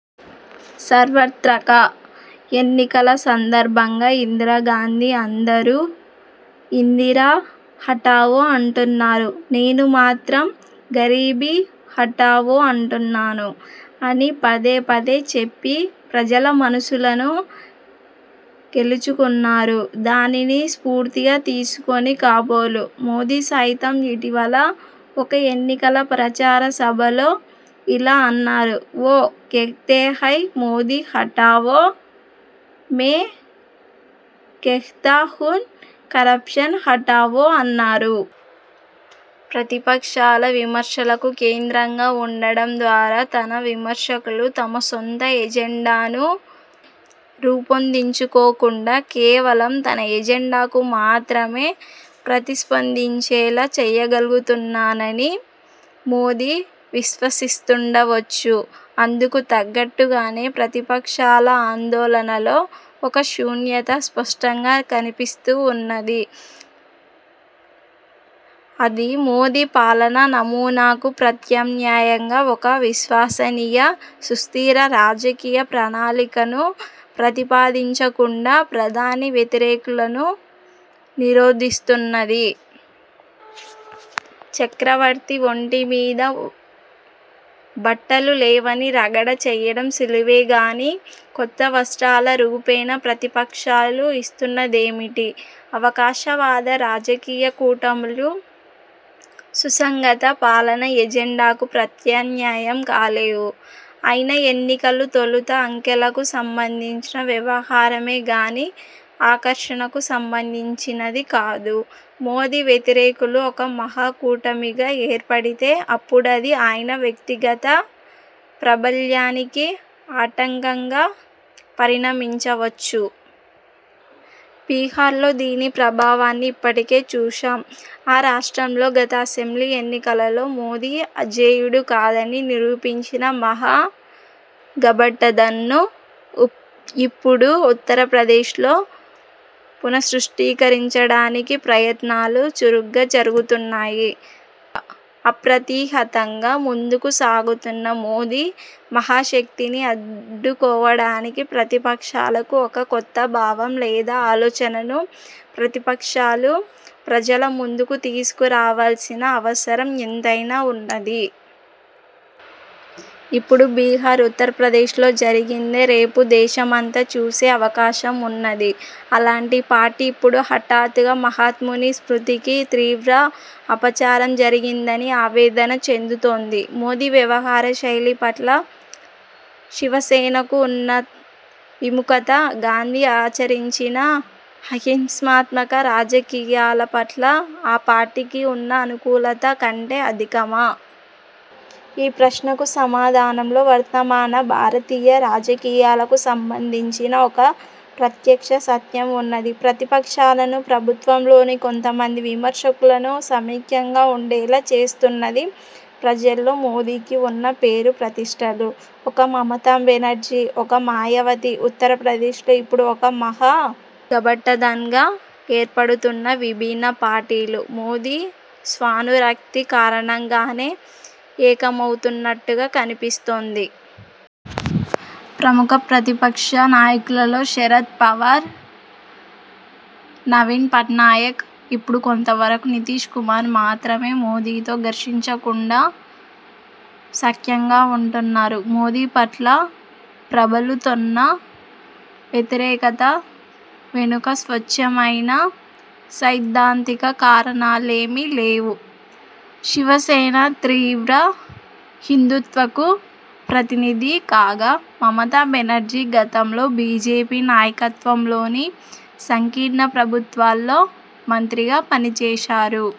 సార్వత్రక ఎన్నికల సందర్భంగా ఇందిరాగాంధీ 'అందరూ ఇందిరా హఠావో అంటున్నారు. నేను మాత్రం గరీబీ హఠావో అంటున్నాను' అని పదేపదే చెప్పి ప్రజల మనస్సులను గెలుచుకున్నారు. దానిని స్ఫూర్తిగా తీసుకుని కాబోలు మోదీ సైతం ఇటీవల ఒక ఎన్నికల ప్రచార సభలో ఇలా అన్నారు: 'వో కెహ్తే హై మోదీ హటావో, మే కెహ్తా హూన్ కరప్షన్ హటావో' అన్నారు. ప్రతిపక్షాల విమర్శలకు కేంద్రంగా ఉండడం ద్వారా తన విమర్శకులు తమ సొంత ఎజెండాను రూపొందించుకోకుండా కేవలం తన ఎజెండాకు మాత్రమే ప్రతిస్పందించేలా చేయగలుగుతున్నానని మోదీ విశ్వసిస్తుండవచ్చు. అందుకు తగ్గట్టుగానే ప్రతిప క్షాల ఆందోళనలో ఒక శూన్యత స్పష్టంగా కన్పిస్తున్నది. అది, మోదీ పాలనానమూనాకు ప్రత్యామ్నాయంగా ఒక విశ్వసనీయ, సుస్థిర రాజకీయ ప్రణాళికను ప్రతిపాదించకుండా ప్రధాని వ్యతిరేకులను నిరోధిస్తున్నది. చక్రవర్తి ఒంటి మీద బట్టలు లేవని రగడ చేయడం సులువేగానీ, కొత్త వస్త్రాల రూపేణా ప్రతిపక్షాలు ఇస్తున్నదేమిటి? అవకాశవాద రాజకీయ కూటములు సుసంగత పాలనా ఎజెండాకు ప్రత్యామ్నాయం కాలేవు. అయినా ఎన్నికలు, తొలుత అంకెలకు సంబంధించిన వ్యవహారమే గానీ ఆకర్షణకు సంబంధించినది కాదు. మోదీ వ్యతిరేకులు ఒక 'మహా కూటమి'గా ఏర్పడితే అప్పుడది ఆయన వ్యక్తిగత ప్రాబల్యానికి ఆటంకంగా పరిణమించవచ్చు. బిహార్లో దీని ప్రభావాన్ని ఇప్పటికే చూశాం. ఆ రాష్ట్రంలో గత అసెంబ్లీ ఎన్నికలలో మోదీ అజేయుడు కాదని నిరూపించిన 'మహా గట్బంధన్'ను ఇప్పుడు ఉత్తరప్రదేశ్లో పునఃసృష్టించడానికి ప్రయత్నాలు చురుగ్గా జరుగుతున్నాయి. అప్రతిహతంగా ముందుకు సాగుతున్న మోదీ మహాశక్తిని అడ్డుకోవడానికి ప్రతిపక్షాలకు ఒక కొత్త భావం లేదా ఆలోచనను ప్రతిపక్షాలు ప్రజల ముందుకు తీసుకురావలసిన అవసరం ఎంతైనా వున్నది. ఇప్పుడు బిహార్, ఉత్తరప్రదేశ్లో జరిగిందే రేపు దేశమంతా చూసే అవకాశమున్నది. అలాంటి పార్టీ ఇప్పుడు హఠాత్తుగా మహాత్ముని స్మృతికి తీవ్ర అపచారం జరిగిందని ఆవేదన చెందుతోంది! మోదీ వ్యవహార శైలి పట్ల శివసేనకు ఉన్న విముఖత, గాంధీ ఆచరించిన అహింసాత్మక రాజకీయాల పట్ల ఆ పార్టీకి వున్న అనుకూలత కంటే అధికమా? ఈ ప్రశ్నకు సమాధానంలో వర్తమాన భారతీయ రాజకీయాలకు సంబంధించిన ఒక ప్రత్యక్ష సత్యం ఉన్నది: ప్రతిపక్షాలను, ప్రభుత్వంలోని కొంతమంది విమ ర్శకులను సమైక్యంగా ఉండేలా చేస్తున్నది ప్రజల్లో మోదీకి వున్న పేరు ప్రతిష్ఠలు. ఒక మమతా బెనర్జీ, ఒక మాయావతి, ఉత్తరప్రదేశ్లో ఇప్పుడు ఒక 'మహా–గట్బంధన్'గా ఏర్పడుతున్న విభిన్న పార్టీలు, మోదీ స్వానురక్తి కారణంగానే ఏకమవుతున్నట్టుగా కన్పిస్తోంది. ప్రముఖ ప్రతిపక్ష నాయకులలో శరద్ పవార్, నవీన్ పట్నాయక్, ఇప్పుడు కొంతవరకు నితీశ్ కుమార్ మాత్రమే మోదీతో ఘర్షించకుండా సఖ్యంగా ఉంటున్నారు. మోదీ పట్ల ప్రబలుతోన్న వ్యతిరేకత వెనుక స్వచ్ఛమైన సైద్ధాంతిక కారణాలేమీ లేవు. శివసేన తీవ్ర హిందూత్వకు ప్రతినిధి కాగా మమతాబెనర్జీ గతంలో బీజేపీ నాయకత్వంలోని సంకీర్ణ ప్రభుత్వాల్లో మంత్రిగా పనిచేశారు.